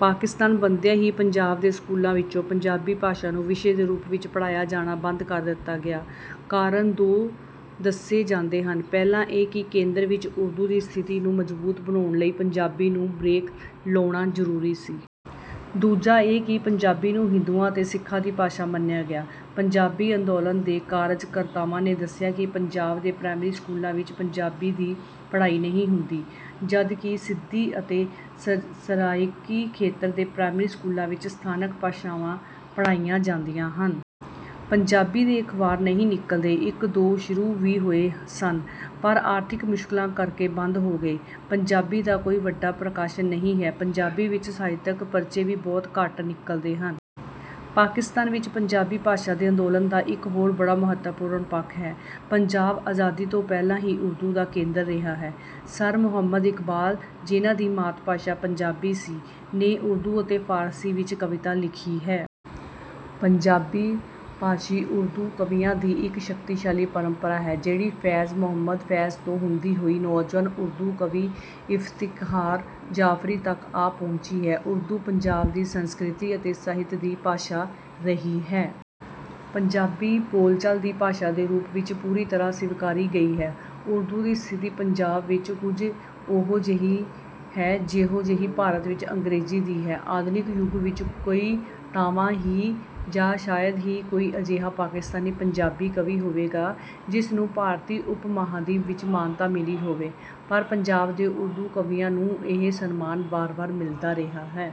ਪਾਕਿਸਤਾਨ ਬਣਦਿਆਂ ਹੀ ਪੰਜਾਬ ਦੇ ਸਕੂਲਾਂ ਵਿੱਚੋਂ ਪੰਜਾਬੀ ਭਾਸ਼ਾ ਨੂੰ ਵਿਸ਼ੇ ਦੇ ਰੂਪ ਵਿੱਚ ਪੜ੍ਹਾਇਆ ਜਾਣਾ ਬੰਦ ਕਰ ਦਿੱਤਾ ਗਿਆ। ਕਾਰਨ ਦੋ ਦੱਸੇ ਜਾਂਦੇ ਹਨ। ਪਹਿਲਾ ਇਹ ਕਿ ਕੇਂਦਰ ਵਿੱਚ ਉਰਦੂ ਦੀ ਸਥਿਤੀ ਨੂੰ ਮਜ਼ਬੂਤ ਬਣਾਉਣ ਲਈ ਪੰਜਾਬੀ ਨੂੰ 'ਬਰੇਕ' ਲਾਉਣਾ ਜ਼ਰੂਰੀ ਸੀ। ਦੂਜਾ ਇਹ ਕਿ ਪੰਜਾਬੀ ਨੂੰ ਹਿੰਦੂਆਂ ਅਤੇ ਸਿੱਖਾਂ ਦੀ ਭਾਸ਼ਾ ਮੰਨਿਆ ਗਿਆ। ਪੰਜਾਬੀ ਅੰਦੋਲਨ ਦੇ ਕਾਰਜਕਰਤਾਵਾਂ ਨੇ ਦੱਸਿਆ ਕਿ ਪੰਜਾਬ ਦੇ ਪ੍ਰਾਇਮਰੀ ਸਕੂਲਾਂ ਵਿੱਚ ਪੰਜਾਬੀ ਦੀ ਪੜ੍ਹਾਈ ਨਹੀਂ ਹੁੰਦੀ, ਜਦਕਿ ਸਿੰਧੀ ਅਤੇ ਸਰਾਈਕੀ ਖੇਤਰਾਂ ਦੇ ਪ੍ਰਾਇਮਰੀ ਸਕੂਲਾਂ ਵਿੱਚ ਸਥਾਨਕ ਭਾਸ਼ਾਵਾਂ ਪੜ੍ਹਾਈਆਂ ਜਾਂਦੀਆਂ ਹਨ। ਪੰਜਾਬੀ ਦੇ ਅਖ਼ਬਾਰ ਨਹੀਂ ਨਿਕਲਦੇ। ਇੱਕ-ਦੋ ਸ਼ੁਰੂ ਵੀ ਹੋਏ ਸਨ, ਪਰ ਆਰਥਿਕ ਮੁਸ਼ਕਲਾਂ ਕਰਕੇ ਬੰਦ ਹੋ ਗਏ। ਪੰਜਾਬੀ ਦਾ ਕੋਈ ਵੱਡਾ ਪ੍ਰਕਾਸ਼ਨ ਨਹੀਂ ਹੈ। ਪੰਜਾਬੀ ਵਿੱਚ ਸਾਹਿਤਕ ਪਰਚੇ ਵੀ ਬਹੁਤ ਘੱਟ ਨਿਕਲਦੇ ਹਨ। ਪਾਕਿਸਤਾਨ ਵਿੱਚ ਪੰਜਾਬੀ ਭਾਸ਼ਾ ਦੇ ਅੰਦੋਲਨ ਦਾ ਇੱਕ ਹੋਰ ਬੜਾ ਮਹੱਤਵਪੂਰਨ ਪੱਖ ਹੈ। ਪੰਜਾਬ ਆਜ਼ਾਦੀ ਤੋਂ ਪਹਿਲਾਂ ਹੀ ਉਰਦੂ ਦਾ ਕੇਂਦਰ ਰਿਹਾ ਹੈ। ਸਰ ਮੁਹੰਮਦ ਇਕਬਾਲ, ਜਿਹਨਾਂ ਦੀ ਮਾਤ-ਭਾਸ਼ਾ ਪੰਜਾਬੀ ਸੀ, ਨੇ ਉਰਦੂ ਅਤੇ ਫ਼ਾਰਸੀ ਵਿੱਚ ਕਵਿਤਾ ਲਿਖੀ ਹੈ। ਪੰਜਾਬੀ-ਭਾਸ਼ੀ ਉਰਦੂ ਕਵੀਆਂ ਦੀ ਇੱਕ ਸ਼ਕਤੀਸ਼ਾਲੀ ਪਰੰਪਰਾ ਹੈ ਜਿਹੜੀ ਫ਼ੈਜ਼ ਅਹਿਮਦ 'ਫ਼ੈਜ਼' ਤੋਂ ਹੁੰਦੀ ਹੋਈ ਨੌਜਵਾਨ ਉਰਦੂ ਕਵੀ ਇਫ਼ਤਿਖ਼ਾਰ ਜਾਫ਼ਰੀ ਤੱਕ ਆ ਪਹੁੰਚੀ ਹੈ। ਉਰਦੂ, ਪੰਜਾਬ ਦੀ ਸੰਸਕ੍ਰਿਤੀ ਅਤੇ ਸਾਹਿਤ ਦੀ ਭਾਸ਼ਾ ਰਹੀ ਹੈ। ਪੰਜਾਬੀ, ਬੋਲਚਾਲ ਦੀ ਭਾਸ਼ਾ ਦੇ ਰੂਪ ਵਿੱਚ ਪੂਰੀ ਤਰ੍ਹਾਂ ਸਵੀਕਾਰੀ ਗਈ ਹੈ। ਉਰਦੂ ਦੀ ਸਥਿਤੀ ਪੰਜਾਬ ਵਿੱਚ ਕੁਝ ਉਹੋ-ਜਿਹੀ ਹੈ ਜਿਹੋ-ਜਿਹੀ ਭਾਰਤ ਵਿੱਚ ਅੰਗਰੇਜ਼ੀ ਦੀ ਹੈ। ਆਧੁਨਿਕ ਯੁੱਗ ਵਿੱਚ ਕੋਈ ਟਾਵਾਂ ਹੀ ਜਾਂ ਸ਼ਾਇਦ ਹੀ ਕੋਈ ਅਜਿਹਾ ਪਾਕਿਸਤਾਨੀ ਪੰਜਾਬੀ ਕਵੀ ਹੋਵੇਗਾ ਜਿਸ ਨੂੰ ਭਾਰਤੀ ਉਪ-ਮਹਾਂਦੀਪ ਵਿੱਚ ਮਾਨਤਾ ਮਿਲੀ ਹੋਵੇ, ਪਰ ਪੰਜਾਬ ਦੇ ਉਰਦੂ ਕਵੀਆਂ ਨੂੰ ਇਹ ਸਨਮਾਨ ਵਾਰ-ਵਾਰ ਮਿਲਦਾ ਰਿਹਾ ਹੈ।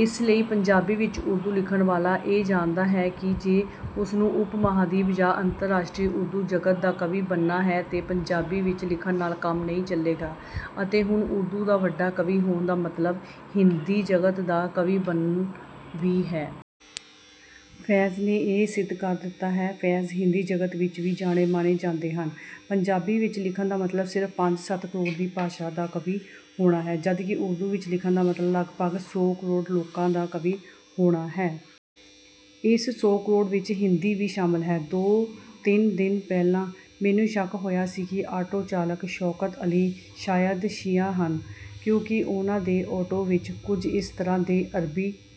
ਇਸ ਲਈ ਪੰਜਾਬ ਵਿੱਚ ਉਰਦੂ ਲਿਖਣ ਵਾਲਾ ਇਹ ਜਾਣਦਾ ਹੈ ਕਿ ਜੇ ਉਸ ਨੇ ਉਪ-ਮਹਾਂਦੀਪ ਜਾਂ ਅੰਤਰਰਾਸ਼ਟਰੀ ਉਰਦੂ ਜਗਤ ਦਾ ਕਵੀ ਬਣਨਾ ਹੈ, ਤਾਂ ਪੰਜਾਬੀ ਵਿੱਚ ਲਿਖਣ ਨਾਲ ਕੰਮ ਨਹੀਂ ਚੱਲੇਗਾ ਅਤੇ ਹੁਣ ਉਰਦੂ ਦਾ ਵੱਡਾ ਕਵੀ ਹੋਣ ਦਾ ਮਤਲਬ ਹਿੰਦੀ ਜਗਤ ਦਾ ਕਵੀ ਬਣਨਾ ਵੀ ਹੈ। 'ਫ਼ੈਜ਼' ਨੇ ਇਹ ਸਿੱਧ ਕਰ ਦਿੱਤਾ ਹੈ। 'ਫ਼ੈਜ਼' ਹਿੰਦੀ ਜਗਤ ਵਿੱਚ ਵੀ ਜਾਣੇ-ਮਾਣੇ ਜਾਂਦੇ ਹਨ। ਪੰਜਾਬੀ ਵਿੱਚ ਲਿਖਣ ਦਾ ਮਤਲਬ ਸਿਰਫ਼ ਪੰਜ-ਸੱਤ ਕਰੋੜ ਦੀ ਭਾਸ਼ਾ ਦਾ ਕਵੀ ਹੋਣਾ ਹੈ, ਜਦਕਿ ਉਰਦੂ ਵਿੱਚ ਲਿਖਣ ਦਾ ਮਤਲਬ ਲਗਭਗ ਸੌ ਕਰੋੜ ਲੋਕਾਂ ਦਾ ਕਵੀ ਹੋਣਾ ਹੈ। ਇਸ ਸੌ ਕਰੋੜ ਵਿੱਚ ਹਿੰਦੀ ਵੀ ਸ਼ਾਮਲ ਹੈ। ਦੋ-ਤਿੰਨ ਦਿਨ ਪਹਿਲਾਂ ਮੈਨੂੰ ਸ਼ੱਕ ਹੋਇਆ ਸੀ ਕਿ ਆਟੋ ਚਾਲਕ ਸ਼ੌਕਤ ਅਲੀ ਸ਼ਾਇਦ ਸ਼ੀਆ ਹਨ ਕਿਉਂਕਿ ਉਹਨਾਂ ਦੇ ਆਟੋ ਵਿੱਚ ਕੁਝ ਇਸ ਤਰ੍ਹਾਂ ਦੇ ਅਰਬੀ